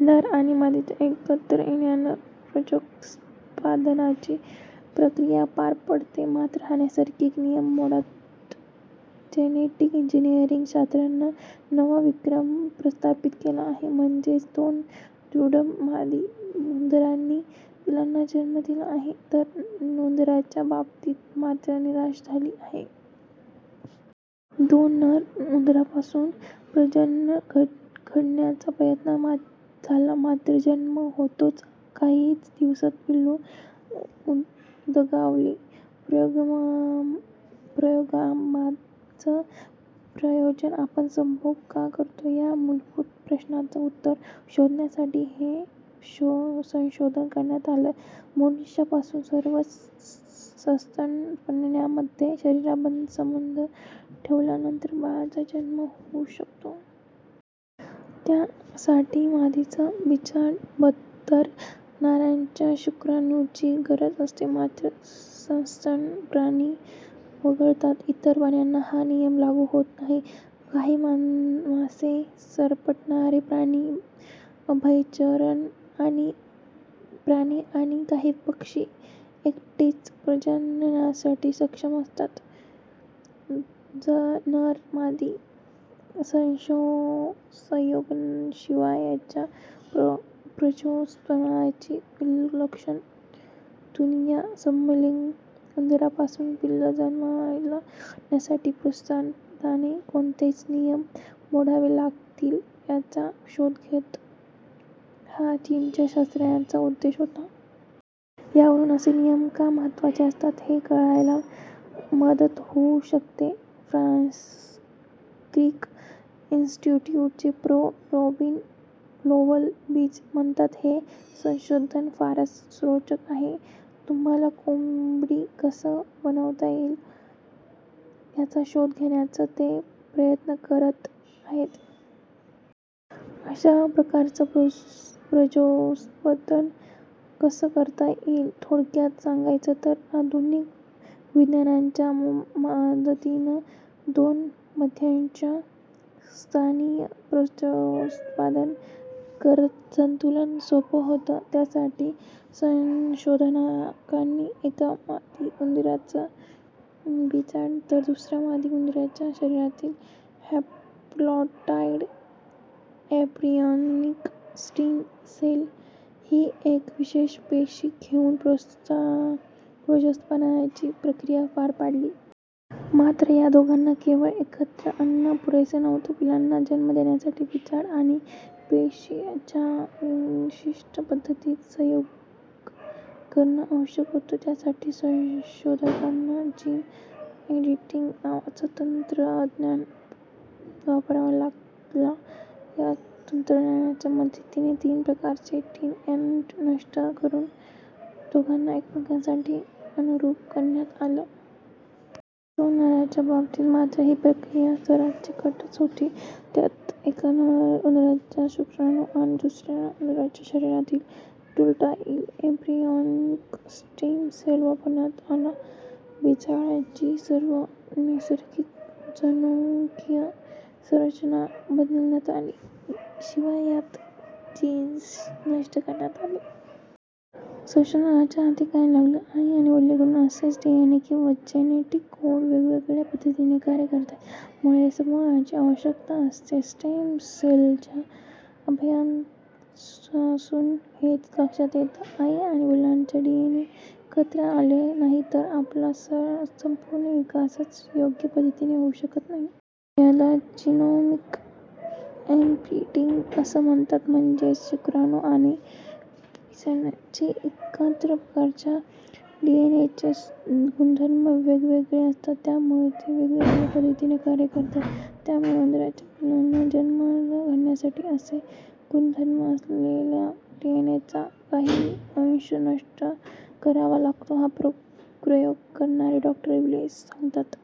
नर आणि मादीच्या एकत्र येण्यानं प्रजोत्पादनाची प्रक्रिया पार पडते. मात्र हा नैसर्गिक नियम मोडत जेनेटिक इंजनिअरिंग शास्त्रानं नवा विक्रम प्रस्थापित केला आहे. म्हणजेच दोन सुदृढ मादी उंदरांनी पिल्लांना जन्म दिला आहे. नर उंदरांच्या बाबतीत मात्र निराशा झाली आहे. दोन नर उंदरांपासून प्रजनन घडवण्याचा प्रयत्न झाला. मात्र जन्म होताच काहीच दिवसांत पिल्लं दगावली. प्रयोगामागचं प्रयोजन आपण संभोग का करतो, या मूलभूत प्रश्नाचं उत्तर शोधण्यासाठी हे संशोधन करण्यात आलं. मनुष्यापासून सर्वच सस्तन प्राण्यांमध्ये शरीरसंबंध ठेवल्यानंतरच बाळाचा जन्म होऊ शकतो. त्यासाठी मादीचं बिजांड तर नराच्या शुक्राणुंची गरज असते. मात्र सस्तन प्राणी वगळता इतर प्राण्यांना हा नियम लागू होत नाही. काही मासे, सरपटणारे प्राणी, उभयचर प्राणी आणि काही पक्षी एकटेच प्रजननासाठी सक्षम असतात. नर-मादी संयोगाशिवायच्या प्रजोत्पादनाची विलक्षण दुनिया समलिंगी उंदरांपासून पिल्लं जन्माला घालण्यासाठी प्रजोत्पादनाचे कोणते नियम मोडावे लागतील, याचा शोध घेणं, हा चीनच्या शास्त्रज्ञांचा उद्देश होता. यावरून असे नियम का महत्त्वाचे असतात, हे कळायला मदत होऊ शकते. फ्रान्सिस क्रिक इन्स्टिट्युटचे प्रो. रॉबिन लोव्हल-बज म्हणतात हे संशोधन फारच रोचक आहे. तुम्हाला कोंबडी कसं बनवता येईल, याचा शोध घेण्याचा ते प्रयत्न करत आहेत. अशा प्रकारचं प्रजोत्पादन कसं करता येईल? थोडक्यात सांगायचं तर आधुनिक विज्ञानाच्या मदतीनं दोन माद्यांच्या साथीनं प्रजोत्पादन करणं तुलनेनं सोप होतं. त्यासाठी संशोधकांनी एका मादी उंदराचं बिजांड तर दुसऱ्या मादी उंदराच्या शरिरातील हॅपलॉईड एम्ब्रियॉनिक स्टेम सेल ही एक विशेष पेशी घेऊन प्रजोत्पादनाची प्रक्रिया पार पाडली. मात्र या दोघांना केवळ एकत्र आणणं पुरेसं नव्हतं. पिल्लांना जन्म देण्यासाठी बिजांड आणि पेशी यांचं विशिष्ट पद्धतीनं संयुग करणं आवश्यक होतं. त्यासाठी संशोधकांना जिन एडिटिंग नावाचं तंत्रज्ञान वापरावं लागलं. या तंत्रज्ञानाच्या मदतीने तीन प्रकारचे डीएनए नष्ट करून दोघांना एकमेकांसाठी अनुरुप करण्यात आलं. दोन नरांच्या बाबतीत मात्र ही प्रक्रिया जरा किचकट होती. त्यात एका नर उंदराचा शुक्राणू आणि दुसऱ्या उंदराच्या शरिरातील हॅपलॉईड एम्ब्रियॉनिक स्टेम सेल वापरण्यात आला. बिजांडाची सर्वं नैसर्गिक जनुकीय संरचना बदलण्यात आली. शिवाय सात जिन्स नष्ट करण्यात आले. संशोधकांच्या हाती काय लागलं? आई आणि वडिलांकडून आलेले डीएनए किंवा जेनेटिक कोड वेगवेगळ्या पद्धतीनं कार्य करतात. त्यामुळे संभोगाची आवश्यकता असते. स्टेम सेलच्या अभ्यासातूनही हेच लक्षात येतं. आई आणि वडिलांचे डीएनए एकत्र आले नाही तर आपला संपूर्ण विकासाच योग्य पद्धतीने होऊ शकत नाही. याला जिनोमिक इम्प्रिंटिंग असं म्हणतात. म्हणजेच शुक्राणू आणि बिजांडातील एकाच प्रकारच्या डीएनएचे गुणधर्म वेगवगळे असतात. त्यामुळे ते वेगवेगळ्या पद्धतीनं कार्य करतात. त्यामुळे उंदरांच्या पिल्लांना जन्माला घालण्यासाठी असे गुणधर्म असलेल्या डीएनएचा काही अंश नष्ट करावा लागतो. हा प्रयोग करणारे डॉ. वी ली सांगतात,